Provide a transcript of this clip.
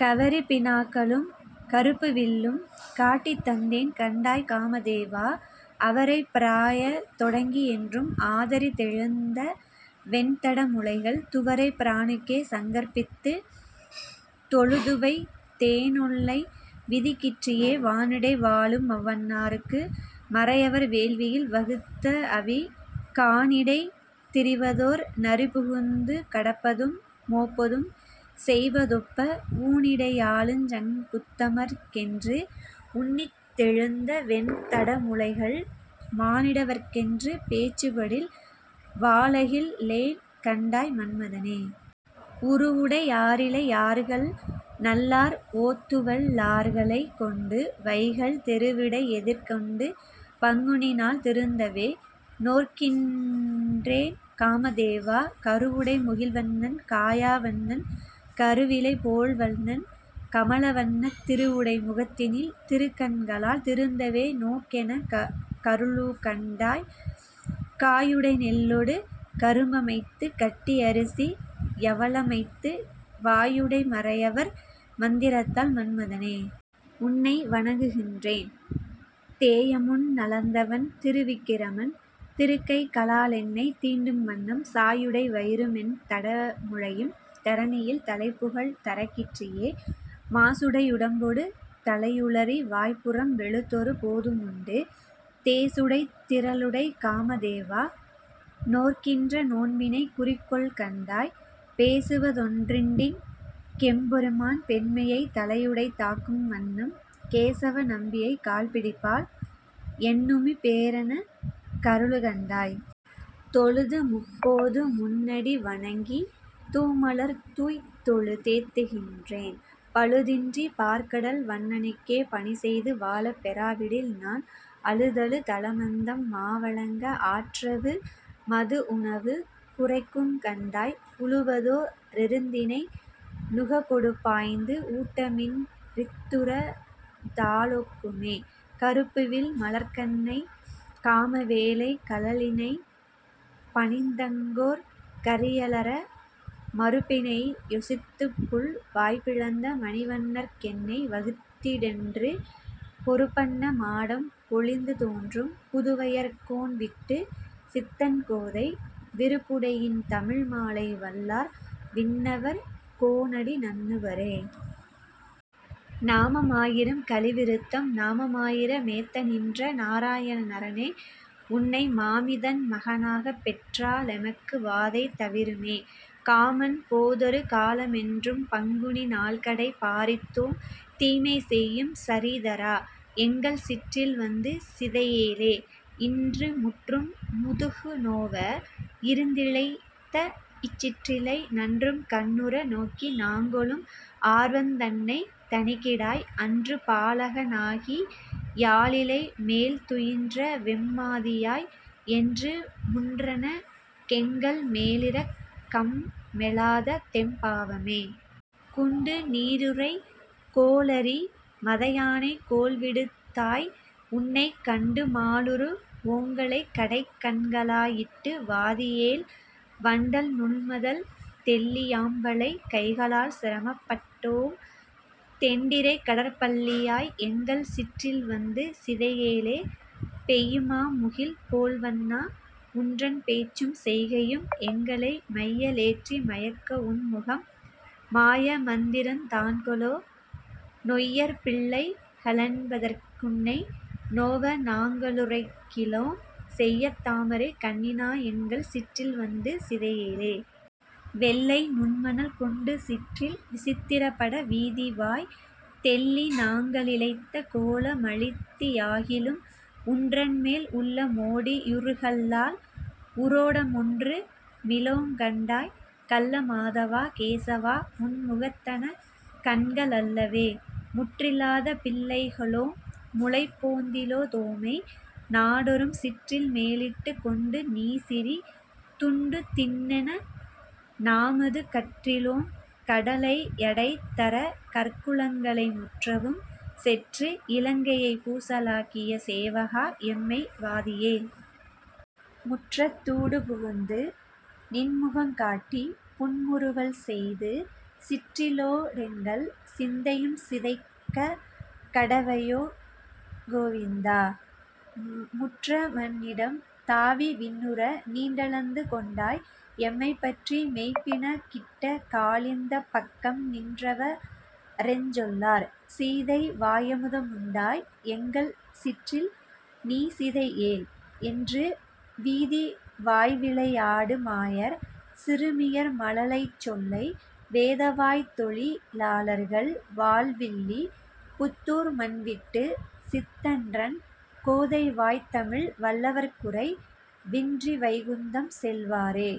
கவரிப் பிணாக்களும் கருப்புவில்லும் காட்டித்தந் தேன்கண்டாய் காமதேவா, அவரைப் பிராயந் தொடங்கிஎன்றும் ஆதரித் தெழுந்தவென் தடமுலைகள், துவரைப் பிரானுக்கே சங்கற்பித்துத் தொழுதுவைத் தேனொல்லை விதிக்கிற்றியே. வானிடை வாழுமவ் வானவர்க்கு மறையவர் வேள்வியில் வகுத்தஅவி, கானிடைத் திரிவதோர் நரிபுகுந்து கடப்பதும் மோப்பதும் செய்வதொப்ப, ஊனிடை யாழிசங் குத்தமர்க்கென்று உன்னித் தெழுந்தவென் தடமுலைகள், மானிட வர்க்கென்று பேச்சுப்படில் வாழகில் லேன்கண்டாய் மன்மதனே. உருவுடை யாரிளை யார்கள்நல்லார் ஓத்துவல் லார்களைக் கொண்டு, வைகல் தெருவிடை யெதிர்கொண்டு பங்குனிநாள் திருந்தவே நோற்கின்றேன் காமதேவா, கருவுடை முகில்வண்ணன் காயாவண்ணன் கருவிளை போல்வண்ணன், கமலவண்ணத் திருவுடை முகத்தினில் திருக்கண்களால் திருந்தவே நோக்கெனக் கருளுகண்டய். காயுடை நெல்லொடு கரும்பமைத்துக் கட்டி யரிசி யவலமைத்து, வாயுடை மறையவர் மந்திரத்தால் மன்மத னே. உன்னை வணங்குகின்றேன், தேயமுன் னளந்தவன் திரிவிக்கிரமன் திருக்கைக ளாலென்னைத் தீண்டும்வண்ணம், சாயுடை வயிறுமென் தடமுலையும் தரணியில் தலைப்புகழ் தரக்கிற்றியே. மாசுடை யுடம்பொடு தலையுலறி வாய்ப்புரம் வெளுத்தொரு போதுமுண்டு, தேசுடை திறலுடைக் காமதேவா. நோற்கின்ற நோன்பினைக் குறிக்கொள்கண்டாய், பேசுவ தொன்றுண்டிங் கெம்பெருமான் பெண்மையைத் தலையுடைத் தாக்கும்வண்ணம் கேசவ நம்பியைக் கால்பிடிப்பாள் என்னுமிப் பேறெனக் கருளுகண்டாய். தொழுதுமுப் போதுமுன் னடிவணங்கித் தூமலர் தூய்த்தொழு தேத்துகின்றேன், பழுதின்றிப் பாற்கடல் வண்ணனுக்கே பணிசெய்து வாழப் பெறாவிடில்நான், அழுதழு தலமந்தம் மாவழங்க ஆற்றவு மதுவுனக் குறைக்குங்கண்டாய், உழுவதோ ரெருத்தினை நுகங்கொடுபாய்ந்து ஊட்டமின் றித்துரந் தாலொக்குமே. கருப்புவில் மலர்க்கணைக் காமவேளைக் கழலிணை பணிந்தங்கோர் கரியலற, மருப்பினை யொசித்துப்புள் வாய்பிளந்த மணிவண்ணற் கென்னை வகுத்திடென்று, பொருப்பன்ன மாடம்பொ லிந்துதோன்றும் புதுவையர் கோன்விட்டு சித்தன்கோதை, விருப்புடை யின்தமிழ் மாலைவல்லார் விண்ணவர் கோனடி நண்ணுவரே.: நாமமாயிரம் கலி விருத்தம் நாமமாயிர மேத்தநின்ற நாராயணாநர னே, உன்னை மாமிதன்மக னாகப்பெற்றா லெமக்குவாதை தவிருமே, காமன்போதரு காலமென்றுபங் குனிநாள்கடை பாரித்தோம், தீமைசெய்யும் சிரீதரா. எங்கள் சிற்றில்வந்து சிதையேலே. இன்றுமுற்றும் முதுகுநோவ இருந்திழைத்தஇச் சிற்றிலை, நன்றும்கண்ணுற நோக்கிநாங்கொளும் ஆர்வந்தன்னைத் தணிகிடாய், அன்றுபாலக னாகியாலிலை மேல்துயின்றவெம் மாதியாய், என்றுமுன்றனக் கெங்கள்மேலிரக் கம்மெழாததெம் பாவமே. குண்டுநீருறை கோளரீ. மத யானைகோள்விடுத் தாய், உன்னைக் கண்டுமாலுறு வோங்களைக்கடைக் கண்களாலிட்டு வாதியேல், வண்டல்நுண்மணல் தெள்ளியாம்வளைக் கைகளால்சிர மப்பட்டோ ம், தெண்டிரைக்கடற் பள்ளியாய். எங்கள் சிற்றில்வந்து சிதையேலே. பெய்யுமாமுகில் போல்வண்ணா. உன்றன், பேச்சும்செய்கையும், எங்களை மையலேற்றி மயக்கவுன்முகம் மாயமந்திரந் தான்கொலோ, நொய்யர்பிள்ளைக ளென்பதற்குன்னை நோவநாங்களு ரைக்கிலோம், செய்யதாமரைக் கண்ணினாயெங்கள் சிற்றில்வந்து சிதையேலே. வெள்ளைநுண்மணல் கொண்டுசிற்றில் விசித்திரப்பட, வீதிவாய்த் தெள்ளிநாங்களி ழைத்தகோல மழித்தியாகிலும், உன்றன்மேல் உள்ளமோடி யுருகலல்லால் உரோடமொன்று மிலோங்கண்டாய், கள்ளமாதவா. கேசவா. உன் முகத்தனகண்க ளல்லவே. முற்றிலாதபிள் ளைகளோம்முலை போந்திலாதோமை, நாடொறும் சிற்றில்மேலிட்டுக் கொண்டுநீசிறி துண்டுதிண்ணென நாமது கற்றிலோம், கட லையடைத்தரக்- கர்குலங்களை முற்றவும் செற்று, இலங்கையைப் பூசலாக்கிய சேவகா. எம்மை வாதியேல். முற்றத்தூடு புகுந்துநின்முகங் காட்டிப்புன்முறு வல்செய்து, சிற்றிலோடெங்கள் சிந்தையும்சிதைக் கக்கடவையோ கோவிந்தா, முற்றமண்ணிடம் தாவிவிண்ணுற நீண்டளந்துகொண் டாய், எம்மைப்- பற்றிமெய்ப்பிணக் கிட்டக்காலிந்தப் பக்கம்நின்றவ ரெஞ்சொல்லார்? சீதைவாயமு தமுண்டாய். எங்கள் சிற்றில்நீசிதை யேல். என்று, வீதிவாய்விளை யாடுமாயர் சிறுமியர்மழ லைச்சொல்லை, வேதவாய்த்தொழி லார்கள்வாழ்வில்லி புத்தூர்மன்விட்டு சித்தன்றன், கோதைவாய்த்தமிழ் வல்லவர்குறை வின்றிவைகுந்தம் சேர்வரே.: